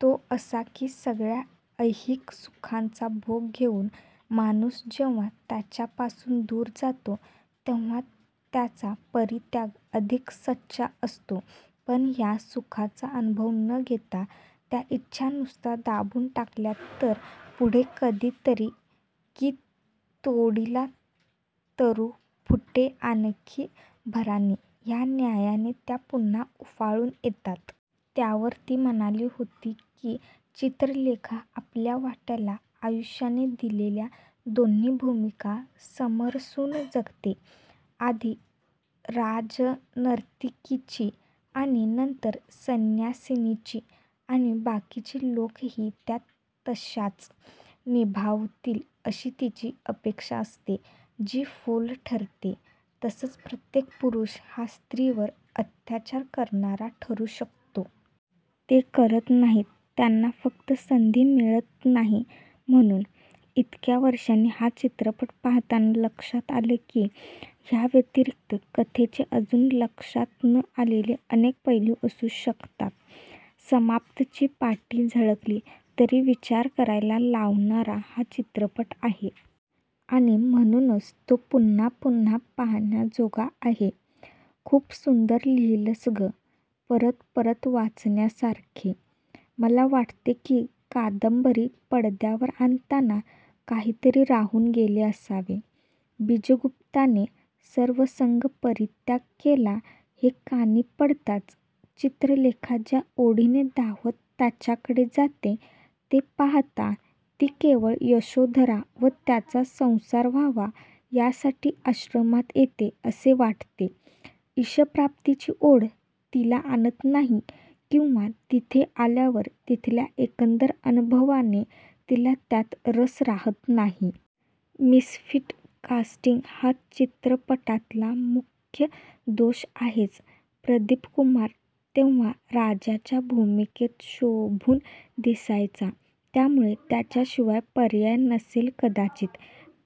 तो असा की सगळ्या ऐहिक सुखांचा भोग घेऊन माणूस जेव्हा त्यांच्यापासून दूर जातो तेव्हा त्याचा परित्याग अधिक सच्चा असतो. पण ह्या सुखांचा अनुभव न घेता त्या इच्छा नुसत्या दाबून टाकल्या तर पुढे कधीतरी 'की तोडीला तरु फुटे आणखी भराने' ह्या न्यायाने त्या पुन्हा उफाळून येतात. त्यावर ती म्हणाली होती की चित्रलेखा आपल्या वाट्याला आयुष्याने दिलेल्या दोन्ही भूमिका समरसून जगते आधी राजनर्तकीची आणि नंतर संन्यासिनीची. आणि बाकीचे लोकही त्या तश्याच निभावतील अशी तिची अपेक्षा असते जी फोल ठरते. तसंच प्रत्येक पुरुष हा स्त्रीवर अत्याचार करणारा ठरू शकतो. जे करत नाहीत त्यांना फक्त संधी मिळत नाही म्हणून. इतक्या वर्षांनी हा चित्रपट पाहताना लक्षात आलं की ह्याव्यतिरिक्त कथेचे अजून लक्षात न आलेले अनेक पैलू असू शकतात. 'समाप्त' ची पाटी झळकली तरी विचार करायला लावणारा हा चित्रपट आहे. आणि म्हणूनच तो पुन्हापुन्हा पाहण्याजोगा आहे. खूप सुंदर लिहिलंस गं.. परत परत वाचण्यासारखे. मला वाटते की कादंबरी पडद्यावर आणताना काहीतरी राहून गेले असावे. बीजगुप्ताने सर्वसंगपरित्याग केला हे कानी पडताच चित्रलेखा ज्या ओढीने धावत त्याच्याकडे जाते ते पाहता ती केवळ यशोधरा व त्याचा संसार व्हावा यासाठी आश्रमात येते असे वाटते, ईश्प्राप्तीची ओढ तिला आणत नाही किंवा तिथे आल्यावर तिथल्या एकंदर अनुभवाने तिला त्यात रस राहत नाही.. मिसफीट कास्टिंग हा चित्रपटातला मुख्य दोष आहेच. प्रदीपकुमार तेव्हा राजांच्या भूमिकेत शोभून दिसायचा, त्यामुळे त्याच्याशिवाय पर्याय नसेल कदाचित.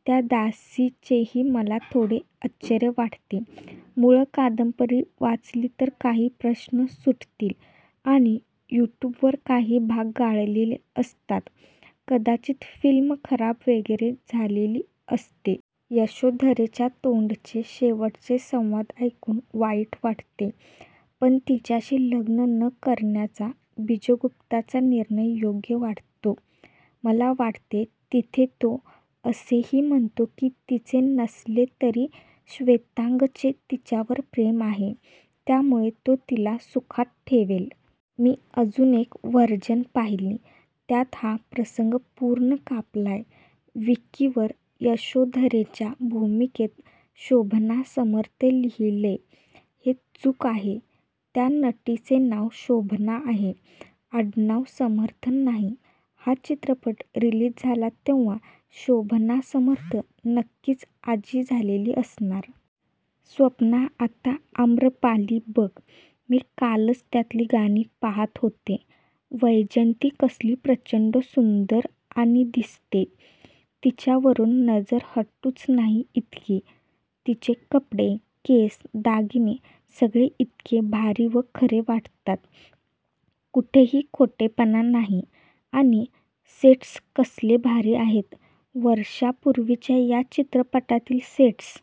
त्या दासीचेही मला थोडे आश्चर्य वाटले. मूळ कादंबरी वाचली तर काही प्रश्न सुटतील. आणि युट्युबवर काही भाग गाळलेले असतात, कदाचित फिल्म खराब वगैरे झालेली असते. यशोधरेच्या तोंडचे शेवटचे संवाद ऐकून वाईट वाटते. पण तिच्याशी लग्न न करण्याचा बीजगुप्ताचा निर्णय योग्य वाटतो. मला वाटते तिथे तो असेही म्हणतो की तिचे नसले तरी श्वेतांगचे तिच्यावर प्रेम आहे, त्यामुळे तो तिला सुखात ठेवेल. मी अजून एक व्हर्जन पाहीली त्यात हा प्रसंग पूर्ण कापलाय. विकीवर यशोधरेच्या भूमिकेत शोभना समर्थ लिहिलेय ते चूक आहे. त्या नटीचे नाव शोभना आहे, आडनाव समर्थ नाही. हा चित्रपट रिलीज झाला तेव्हा शोभना समर्थ नक्कीच आजी झालेली असणार. स्वप्ना, आता आम्रपाली बघ. मी कालच त्यातली गाणी पाहत होते. वैजयंती कसली प्र चं ड सुंदर आणि दिसते, तिच्यावरून नजर हटुच नाही इतकी. तिचे कपडे, केस, दागिने सगळे इतके भारी व खरे वाटतात, कुठेही खोटेपणा नाही. आणि सेट्स कसले भारी आहेत वर्षांपूर्वीच्या या चित्रपटातील सेट्स